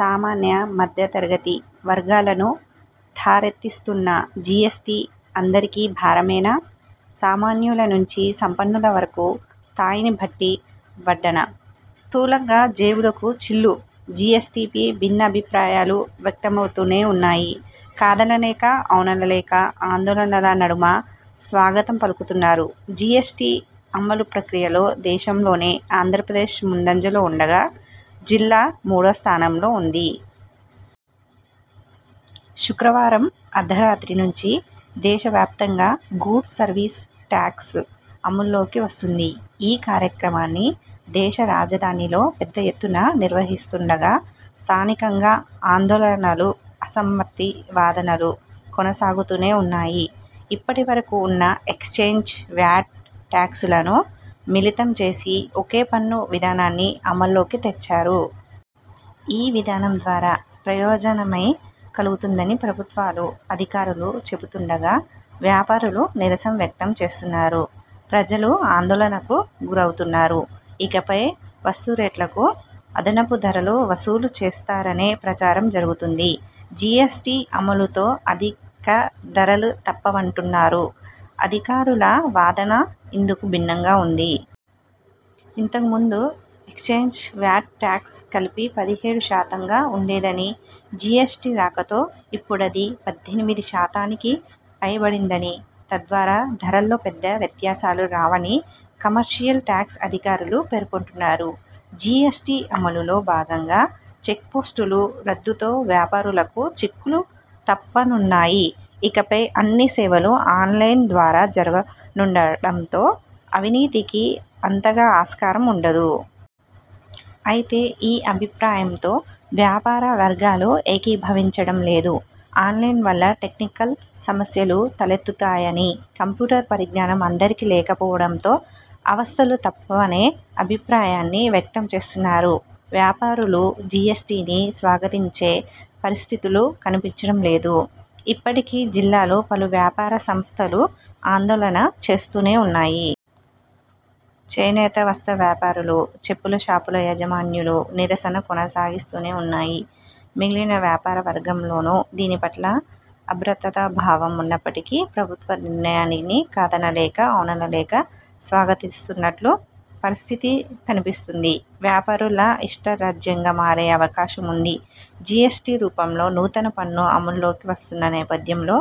సామాన్య, మధ్య తరగతి వర్గాలను ఠారెత్తిస్తున్న జీఎస్టీ అందరికీ భారమేనా?! సామాన్యుల నుంచి సంపన్నుల వరకు స్థాయిని బట్టి వడ్డన! స్థూలంగా జేబులకు చిల్లు జీఎస్టీపీ భిన్నాభిప్రాయాలు వ్యక్తమవుతూనే ఉన్నాయి. కాదన లేక, ఔనన లేక ఆందోళనల నడుమ స్వాగతం పలుకుతున్నారు. జీఎస్టీ అమలు ప్రక్రియలో దేశంలోనే ఆంధ్రప్రదేశ్ ముందంజలో ఉండగా, జిల్లా మూడో స్థానంలో ఉంది. శుక్రవారం అర్థరాత్రి నుంచి దేశవ్యాప్తంగా గూడ్స్ సర్వీస్ టాక్స్ అమలులోకి వస్తుంది. ఈ కార్యక్రమాన్ని దేశరాజధానిలో పెద్ద ఎత్తున నిర్వహిస్తుండగా, స్థానికంగా ఆందోళనలు, అసమ్మతి వాదనలు కొనసాగుతూనే ఉన్నాయి. ఇప్పటి వరకు ఉన్న ఎక్స్ చేంజ్, వ్యాట్ టాక్సులను మిళితం చేసి ఒకే పన్ను విధానాన్ని అమలులోకి తెచ్చారు. ఈ విధానం ద్వారా ప్రయోజనమే కలుగుతుందని ప్రభుత్వాలు, అధికారులు చెపుతుండగా, వ్యాపారులు నిరసన వ్యక్తం చేస్తున్నారు. ప్రజలు ఆందోళనకు గురవుతున్నారు. ఇకపై వస్తు రేట్లకు అదనపు ధరలు వసూలు చేస్తారనే ప్రచారం జరుగుతోంది. జిఎస్టీ అమలుతో అధిక ధరలు తప్పవంటున్నారు. అధికారుల వాదన ఇందుకు భిన్నంగా ఉంది. ఇంతకు ముందు ఎక్స్ చేంజ్, వ్యాట్ టాక్స్ కలిపి పదిహేడు శాతంగా ఉండేదని, జిఎస్టీ రాకతో ఇప్పుడది పద్దెనిమిది శాతానికి పైబడిందని, తద్వారా ధరల్లో పెద్ద వ్యత్యాసాలు రావని కమర్షియల్ టాక్స్ అధికారులు పేర్కొంటున్నారు. జిఎస్టీ అమలులో భాగంగా చెక్పోస్టులు రద్దుతో వ్యాపారులకు చిక్కులు తప్పనున్నాయి. ఇకపై అన్ని సేవలు ఆన్లైన్ ద్వారా జరగనుండటంతో అవినీతికి అంతగా ఆస్కారం ఉండదు. అయితే ఈ అభిప్రాయంతో వ్యాపార వర్గాలు ఏకీభవించడం లేదు. ఆన్లైన్ వల్ల టెక్నికల్ సమస్యలు తలెత్తుతాయని, కంప్యూటర్ పరిజ్ఞానం అందరికీ లేక పోవడంతో అవస్థలు తప్పవనే అభిప్రాయాన్ని వ్యక్తం చేస్తున్నారు. వ్యాపారులు జీఎస్టీని స్వాగతించే పరిస్థితులు కనిపించడం లేదు. ఇప్పటికి జిల్లాలో పలు వ్యాపార సంస్థలు ఆందోళన చేస్తూనే ఉన్నాయి. చేనేత, వస్త్ర వ్యాపారులు, చెప్పుల షాపుల యాజమాన్యులు నిరసన కొనసాగిస్తూనే ఉన్నాయి. మిగిలిన వ్యాపార వర్గంలోను దీని పట్ల అభద్రతా భావం ఉన్నప్పటికీ ప్రభుత్వ నిర్ణయానిన్ని కాదనలేక, ఔననలేక స్వాగతిస్తున్నట్లు పరిస్థితి కనిపిస్తుంది. వ్యాపారుల ఇష్టారాజ్యంగా మారే అవకాశం ఉంది జీఎస్టీ రూపంలో నూతన పన్ను అమల్లోకి వస్తున్న నేపథ్యంలో,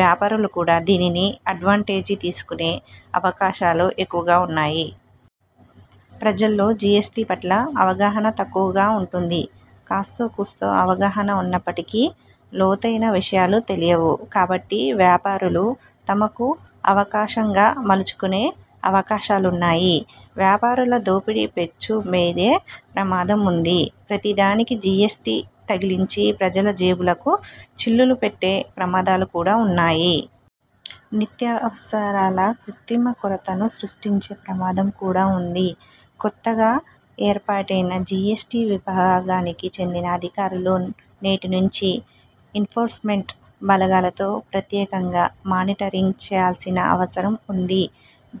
వ్యాపారులు కూడా దీనిని అడ్వాంటేజీ తీసుకునే అవకాశాలు ఎక్కువగా ఉన్నాయి. ప్రజల్లో జీఎస్టీ పట్ల అవగాహన తక్కువగా ఉంటుంది. కాస్తో, కూస్తో అవగాహన ఉన్నప్పటికీ లోతైన విషయాలు తెలియవు కాబట్టి వ్యాపారులు తమకు అవకాశంగా మలుచుకునే అవకాశాలున్నాయి. వ్యాపారుల దోపిడీ పెచ్చుమీరే ప్రమాదం ఉంది. ప్రతిదానికీ జీఎస్టీ తగిలించి ప్రజల జేబులకు చిల్లులు పెట్టే ప్రమాదాలు కూడా ఉన్నాయి. నిత్యావసరాల కృత్రిమ కొరతను సృష్టించే ప్రమాదం కూడా ఉంది. కొత్తగా ఏర్పాటైన జీఎస్టీ విభాగానికి చెందిన అధికారులు నేటి నుంచి ఎన్ఫోర్స్మెంట్ బలగాలతో ప్రత్యేకంగా మానిటరింగ్ చేయాల్సిన అవసరం ఉంది.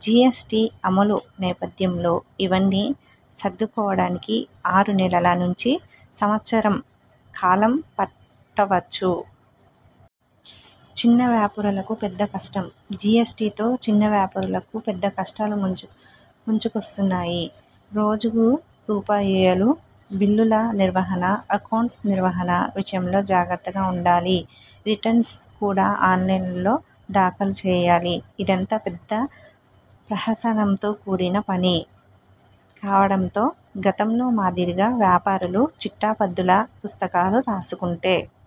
జీఎస్టీ అమలు నేపథ్యంలో, ఇవన్నీ సర్దుకోవడానికి ఆరు నెలల నుంచి సంవత్సరం కాలం పట్టవచ్చు. చిన్న వ్యాపారులకు పెద్ద కష్టం జీఎస్టీతో చిన్న వ్యాపారులకు పెద్ద కష్టాలు ముంచు ముంచుకొస్తున్నాయి. రోజులు రూపాయలు. బిల్లుల నిర్వహణ, అక్కౌంట్స్ నిర్వహణ విషయంలో జాగ్రత్తగా ఉండాలి. రిటర్న్స్ కూడా ఆన్లైన్లో దాఖలు చేయాలి. ఇదంతా పెద్ద ప్రహసనంతో కూడిన పని కావడంతో గతంలో మాదిరిగా వ్యాపారులు చిట్టాపద్దుల పుస్తకాలు రాసుకుంటే